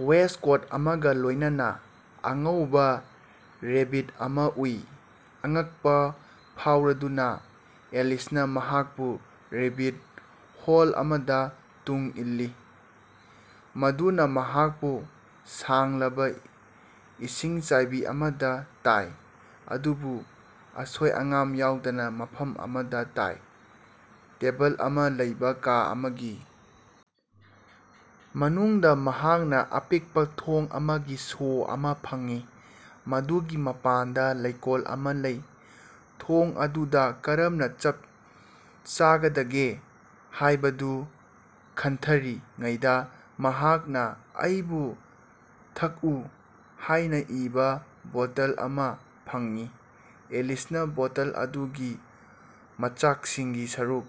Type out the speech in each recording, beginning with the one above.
Waistcoat ꯑꯃꯒ ꯂꯣꯏꯅꯅ ꯑꯉꯧꯕ ꯔꯦꯕꯤꯠ ꯑꯃ ꯎꯏ꯫ ꯑꯉꯛꯄ ꯐꯥꯎꯔꯗꯨꯅ, ꯑꯦꯂꯤꯁꯅ ꯃꯍꯥꯛꯄꯨ ꯔꯦꯕꯤꯠ ꯍꯣꯜ ꯑꯃꯗ ꯇꯨꯡ ꯏꯜꯂꯤ꯫ ꯃꯗꯨꯅ ꯃꯍꯥꯛꯄꯨ ꯁꯥꯡꯂꯕ ꯏꯁꯤꯡꯆꯥꯏꯕꯤ ꯑꯃꯗ ꯇꯥꯏ ꯑꯗꯨꯕꯨ ꯑꯁꯣꯏ-ꯑꯉꯥꯝ ꯌꯥꯎꯗꯅ ꯃꯐꯝ ꯑꯃꯗ ꯇꯥꯏ꯫ ꯇꯦꯕꯜ ꯑꯃ ꯂꯩꯕ ꯀꯥ ꯑꯃꯒꯤ ꯃꯅꯨꯡꯗ ꯃꯍꯥꯛꯅ ꯑꯄꯤꯛꯄ ꯊꯣꯡ ꯑꯃꯒꯤ ꯁꯣ ꯑꯃ ꯐꯪꯏ, ꯃꯗꯨꯒꯤ ꯃꯄꯥꯟꯗ ꯂꯩꯀꯣꯜ ꯑꯃ ꯂꯩ꯫ ꯊꯣꯡ ꯑꯗꯨꯗ ꯀꯔꯝꯅ ꯆꯞ ꯆꯥꯒꯗꯒꯦ ꯍꯥꯏꯕꯗꯨ ꯈꯟꯊꯔꯤꯉꯩꯗ ꯃꯍꯥꯛꯅ "ꯑꯩꯕꯨ ꯊꯛꯎ" ꯍꯥꯏꯅ ꯏꯕ ꯕꯣꯇꯜ ꯑꯃ ꯐꯪꯉꯤ꯫ ꯑꯦꯂꯤꯁꯅ ꯕꯣꯇꯜ ꯑꯗꯨꯒꯤ ꯃꯆꯥꯛꯁꯤꯡꯒꯤ ꯁꯔꯨꯛ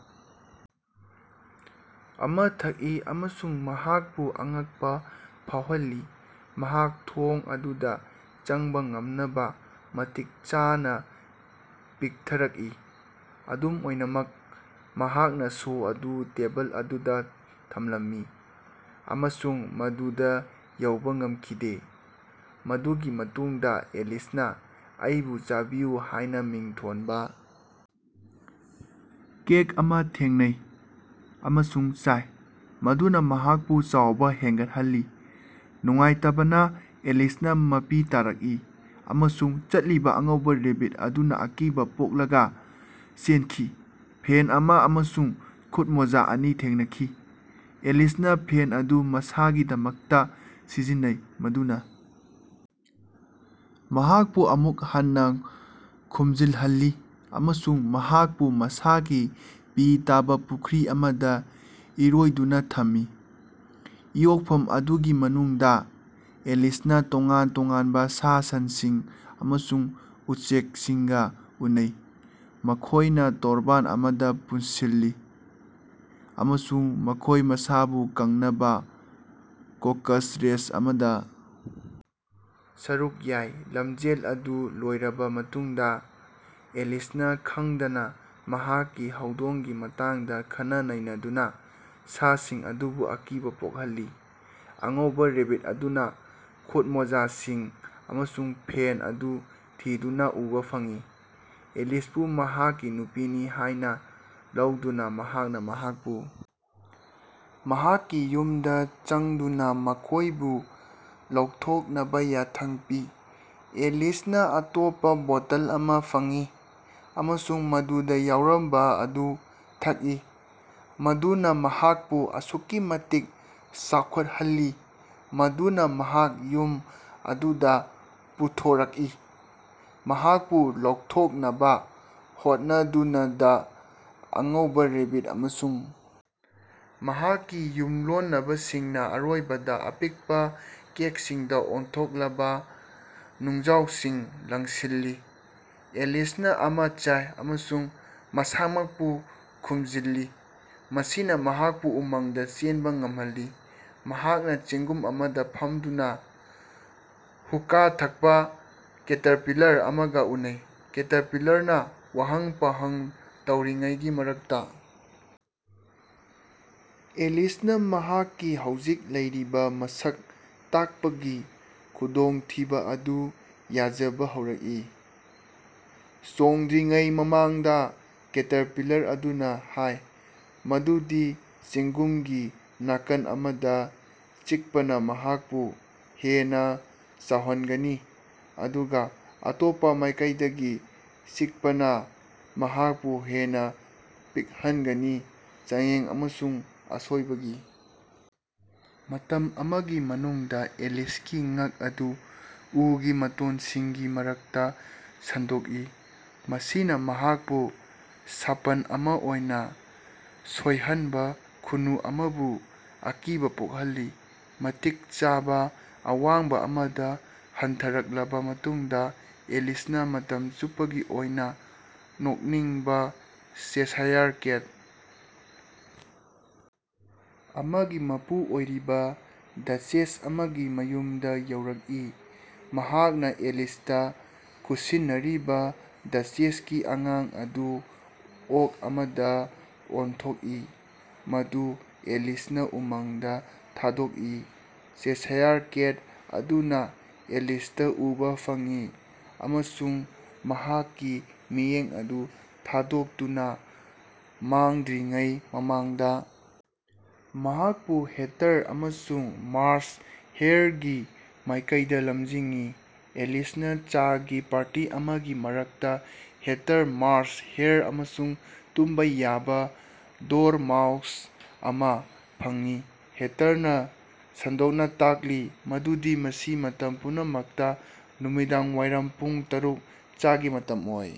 ꯑꯃ ꯊꯛꯏ ꯑꯃꯁꯨꯡ ꯃꯍꯥꯛꯄꯨ ꯑꯉꯛꯄ ꯐꯥꯎꯍꯜꯂꯤ ꯃꯍꯥꯛ ꯊꯣꯡ ꯑꯗꯨꯗ ꯆꯪꯕ ꯉꯝꯅꯕ ꯃꯇꯤꯛ ꯆꯥꯅ ꯄꯤꯛꯊꯔꯛꯏ꯫ ꯑꯗꯨꯝ ꯑꯣꯏꯅꯃꯛ, ꯃꯍꯥꯛꯅ ꯁꯣ ꯑꯗꯨ ꯇꯦꯕꯜ ꯑꯗꯨꯗ ꯊꯝꯂꯝꯃꯤ ꯑꯃꯁꯨꯡ ꯃꯗꯨꯗ ꯌꯧꯕ ꯉꯝꯈꯤꯗꯦ꯫ ꯃꯗꯨꯒꯤ ꯃꯇꯨꯡꯗ ꯑꯦꯂꯤꯁꯅ "ꯑꯩꯕꯨ ꯆꯥꯕꯤꯌꯨ" ꯍꯥꯏꯅ ꯃꯤꯡꯊꯣꯟꯕ ꯀꯦꯛ ꯑꯃ ꯊꯦꯡꯅꯩ ꯑꯃꯁꯨꯡ ꯆꯥꯏ, ꯃꯗꯨꯅ ꯃꯍꯥꯛꯄꯨ ꯆꯥꯎꯕ ꯍꯦꯟꯒꯠꯍꯜꯂꯤ꯫ ꯅꯨꯡꯉꯥꯏꯇꯕꯅ, ꯑꯦꯂꯤꯁꯅ ꯃꯄꯤ ꯇꯥꯔꯛꯏ ꯑꯃꯁꯨꯡ ꯆꯠꯂꯤꯕ ꯑꯉꯧꯕ ꯔꯦꯕꯤꯠ ꯑꯗꯨꯅ ꯑꯀꯤꯕ ꯄꯣꯛꯂꯒ ꯆꯦꯟꯈꯤ꯫ ꯐꯦꯟ ꯑꯃ ꯑꯃꯁꯨꯡ ꯈꯨꯠꯃꯣꯖꯥ ꯑꯅꯤ ꯊꯦꯡꯅꯈꯤ꯫ ꯑꯦꯂꯤꯁꯅ ꯐꯦꯟ ꯑꯗꯨ ꯃꯁꯥꯒꯤꯗꯃꯛꯇ ꯁꯤꯖꯤꯟꯅꯩ, ꯃꯗꯨꯅ ꯃꯍꯥꯛꯄꯨ ꯑꯃꯨꯛ ꯍꯟꯅ ꯈꯨꯝꯖꯤꯜꯍꯜꯂꯤ ꯑꯃꯁꯨꯡ ꯃꯍꯥꯛꯄꯨ ꯃꯁꯥꯒꯤ ꯄꯤ ꯇꯥꯕ ꯄꯨꯈ꯭ꯔꯤ ꯑꯃꯗ ꯏꯔꯣꯏꯗꯨꯅ ꯊꯝꯃꯤ꯫ ꯏꯌꯣꯛꯐꯝ ꯑꯗꯨꯒꯤ ꯃꯅꯨꯡꯗ, ꯑꯦꯂꯤꯁꯅ ꯇꯣꯉꯥꯟ-ꯇꯣꯉꯥꯟꯕ ꯁꯥ-ꯁꯟꯁꯤꯡ ꯑꯃꯁꯨꯡ ꯎꯆꯦꯛꯁꯤꯡꯒ ꯎꯅꯩ, ꯃꯈꯣꯏꯅ ꯇꯣꯔꯕꯥꯟ ꯑꯃꯗ ꯄꯨꯟꯁꯤꯜꯂꯤ ꯑꯃꯁꯨꯡ ꯃꯈꯣꯏ ꯃꯁꯥꯕꯨ ꯀꯪꯅꯕ "ꯀꯣꯀꯁ ꯔꯦꯁ" ꯑꯃꯗ ꯁꯔꯨꯛ ꯌꯥꯏ꯫ ꯂꯝꯖꯦꯜ ꯑꯗꯨ ꯂꯣꯏꯔꯕ ꯃꯇꯨꯡꯗ, ꯑꯦꯂꯤꯁꯅ ꯈꯪꯗꯅ ꯃꯍꯥꯛꯀꯤ ꯍꯧꯗꯣꯡꯒꯤ ꯃꯇꯥꯡꯗ ꯈꯟꯅ-ꯅꯩꯅꯗꯨꯅ ꯁꯥꯁꯤꯡ ꯑꯗꯨꯕꯨ ꯑꯀꯤꯕ ꯄꯣꯛꯍꯜꯂꯤ꯫ ꯑꯉꯧꯕ ꯔꯦꯕꯤꯠ ꯑꯗꯨꯅ ꯈꯨꯠꯃꯣꯖꯥꯁꯤꯡ ꯑꯃꯁꯨꯡ ꯐꯦꯟ ꯑꯗꯨ ꯊꯤꯗꯨꯅ ꯎꯕ ꯐꯪꯏ꯫ ꯑꯦꯂꯤꯁꯄꯨ ꯃꯍꯥꯛꯀꯤ ꯅꯨꯄꯤꯅꯤ ꯍꯥꯏꯅ ꯂꯧꯗꯨꯅ, ꯃꯍꯥꯛꯅ ꯃꯍꯥꯛꯄꯨ ꯃꯍꯥꯛꯀꯤ ꯌꯨꯝꯗ ꯆꯪꯗꯨꯅ ꯃꯈꯣꯏꯕꯨ ꯂꯧꯊꯣꯛꯅꯕ ꯌꯥꯊꯪ ꯄꯤ꯫ ꯑꯦꯂꯤꯁꯅ ꯑꯇꯣꯞꯄ ꯕꯣꯇꯜ ꯑꯃ ꯐꯪꯏ ꯑꯃꯁꯨꯡ ꯃꯗꯨꯗ ꯌꯥꯎꯔꯝꯕ ꯑꯗꯨ ꯊꯛꯏ, ꯃꯗꯨꯅ ꯃꯍꯥꯛꯄꯨ ꯑꯁꯨꯛꯀꯤ ꯃꯇꯤꯛ ꯆꯥꯎꯈꯠꯍꯜꯂꯤ ꯃꯗꯨꯅ ꯃꯍꯥꯛ ꯌꯨꯝ ꯑꯗꯨꯗ ꯄꯨꯊꯣꯔꯛꯏ꯫ ꯃꯍꯥꯛꯄꯨ ꯂꯧꯊꯣꯛꯅꯕ ꯍꯣꯠꯅꯗꯨꯅꯗ ꯑꯉꯧꯕ ꯔꯦꯕꯤꯠ ꯑꯃꯁꯨꯡ ꯃꯍꯥꯛꯀꯤ ꯌꯨꯝꯂꯣꯟꯅꯕꯁꯤꯡꯅ ꯑꯔꯣꯏꯕꯗ ꯑꯄꯤꯛꯄ ꯀꯦꯛꯁꯤꯡꯗ ꯑꯣꯟꯊꯣꯛꯂꯕ ꯅꯨꯡꯖꯥꯎꯁꯤꯡ ꯂꯪꯁꯤꯜꯂꯤ꯫ ꯑꯦꯂꯤꯁꯅ ꯑꯃ ꯆꯥꯏ ꯑꯃꯁꯨꯡ ꯃꯁꯥꯃꯛꯄꯨ ꯈꯨꯝꯖꯤꯜꯂꯤ, ꯃꯁꯤꯅ ꯃꯍꯥꯛꯄꯨ ꯎꯃꯪꯗ ꯆꯦꯟꯕ ꯉꯝꯍꯜꯂꯤ꯫ ꯃꯍꯥꯛꯅ ꯆꯦꯡꯒꯨꯝ ꯑꯃꯗ ꯐꯝꯗꯨꯅ ꯍꯨꯀꯥ ꯊꯛꯄ ꯀꯦꯇꯔꯄꯤꯂꯔ ꯑꯃꯒ ꯎꯅꯩ꯫ ꯀꯦꯇꯔꯄꯤꯂꯔꯅ ꯋꯥꯍꯪ ꯄꯥꯎꯍꯪ ꯇꯧꯔꯤꯉꯩꯒꯤ ꯃꯔꯛꯇ, ꯑꯦꯂꯤꯁꯅ ꯃꯍꯥꯛꯀꯤ ꯍꯧꯖꯤꯛ ꯂꯩꯔꯤꯕ ꯃꯁꯛ ꯇꯥꯛꯄꯒꯤ ꯈꯨꯗꯣꯡꯊꯤꯕ ꯑꯗꯨ ꯌꯥꯖꯕ ꯍꯧꯔꯛꯏ꯫ ꯆꯣꯡꯗ꯭ꯔꯤꯉꯩ ꯃꯃꯥꯡꯗ, ꯀꯦꯇꯔꯄꯤꯂꯔ ꯑꯗꯨꯅ ꯍꯥꯏ ꯃꯗꯨꯗꯤ ꯆꯦꯡꯒꯨꯝꯒꯤ ꯅꯥꯀꯟ ꯑꯃꯗ ꯆꯤꯛꯄꯅ ꯃꯍꯥꯛꯄꯨ ꯍꯦꯟꯅ ꯆꯥꯎꯍꯟꯒꯅꯤ ꯑꯗꯨꯒ ꯑꯇꯣꯞꯄ ꯃꯥꯏꯀꯩꯗꯒꯤ ꯆꯤꯛꯄꯅ ꯃꯍꯥꯛꯄꯨ ꯍꯦꯟꯅ ꯄꯤꯛꯍꯟꯒꯅꯤ꯫ ꯆꯥꯡꯌꯦꯡ ꯑꯃꯁꯨꯡ ꯑꯁꯣꯏꯕꯒꯤ ꯃꯇꯝ ꯑꯃꯒꯤ ꯃꯅꯨꯡꯗ, ꯑꯦꯂꯤꯁꯀꯤ ꯉꯛ ꯑꯗꯨ ꯎꯒꯤ ꯃꯇꯣꯟꯁꯤꯡꯒꯤ ꯃꯔꯛꯇ ꯁꯟꯗꯣꯛꯏ, ꯃꯁꯤꯅ ꯃꯍꯥꯛꯄꯨ ꯁꯥꯄꯟ ꯑꯃ ꯑꯣꯏꯅ ꯁꯣꯏꯍꯟꯕ ꯈꯨꯅꯨ ꯑꯃꯕꯨ ꯑꯀꯤꯕ ꯄꯣꯛꯍꯜꯂꯤ꯫ ꯃꯇꯤꯛ ꯆꯥꯕ ꯑꯋꯥꯡꯕ ꯑꯃꯗ ꯍꯟꯊꯔꯛꯂꯕ ꯃꯇꯨꯡꯗ, ꯑꯦꯂꯤꯁꯅ ꯃꯇꯝ ꯆꯨꯞꯄꯒꯤ ꯑꯣꯏꯅ ꯅꯣꯛꯅꯤꯡꯕ ꯆꯦꯁꯥꯌꯔ ꯀꯦꯠ ꯑꯃꯒꯤ ꯃꯄꯨ ꯑꯣꯏꯔꯤꯕ ꯗꯆꯦꯁ ꯑꯃꯒꯤ ꯃꯌꯨꯝꯗ ꯌꯧꯔꯛꯏ꯫ ꯃꯍꯥꯛꯅ ꯑꯦꯂꯤꯁꯇ ꯈꯨꯠꯁꯤꯟꯅꯔꯤꯕ ꯗꯆꯦꯁꯀꯤ ꯑꯉꯥꯡ ꯑꯗꯨ ꯑꯣꯛ ꯑꯃꯗ ꯑꯣꯟꯊꯣꯛꯏ, ꯃꯗꯨ ꯑꯦꯂꯤꯁꯅ ꯎꯃꯪꯗ ꯊꯥꯗꯣꯛꯏ꯫ ꯆꯦꯁꯥꯌꯔ ꯀꯦꯠ ꯑꯗꯨꯅ ꯑꯦꯂꯤꯁꯇ ꯎꯕ ꯐꯪꯏ ꯑꯃꯁꯨꯡ ꯃꯍꯥꯛꯀꯤ ꯃꯤꯠꯌꯦꯡ ꯑꯗꯨ ꯊꯥꯗꯣꯛꯇꯨꯅ ꯃꯥꯡꯗ꯭ꯔꯤꯉꯩ ꯃꯃꯥꯡꯗ ꯃꯍꯥꯛꯄꯨ ꯍꯦꯇꯔ ꯑꯃꯁꯨꯡ ꯃꯥꯔ꯭ꯆ ꯍꯦꯔꯒꯤ ꯃꯥꯏꯀꯩꯗ ꯂꯝꯖꯤꯡꯏ꯫ ꯑꯦꯂꯤꯁꯅ ꯆꯥꯒꯤ ꯄꯥꯔꯇꯤ ꯑꯃꯒꯤ ꯃꯔꯛꯇ ꯍꯦꯇꯔ, ꯃꯥꯔ꯭ꯆ ꯍꯦꯔ ꯑꯃꯁꯨꯡ ꯇꯨꯝꯕ ꯌꯥꯕ ꯗꯣꯔꯃꯥꯎꯁ ꯑꯃ ꯐꯪꯏ꯫ ꯍꯦꯇꯔꯅ ꯁꯟꯗꯣꯛꯅ ꯇꯥꯛꯂꯤ ꯃꯗꯨꯗꯤ ꯃꯁꯤ ꯃꯇꯝ ꯄꯨꯡꯅꯃꯛꯇ ꯅꯨꯃꯤꯗꯥꯡꯋꯥꯏꯔꯝ ꯄꯨꯡ ꯇꯔꯨꯛ ꯆꯥꯒꯤ ꯃꯇꯝꯑꯣꯏ꯫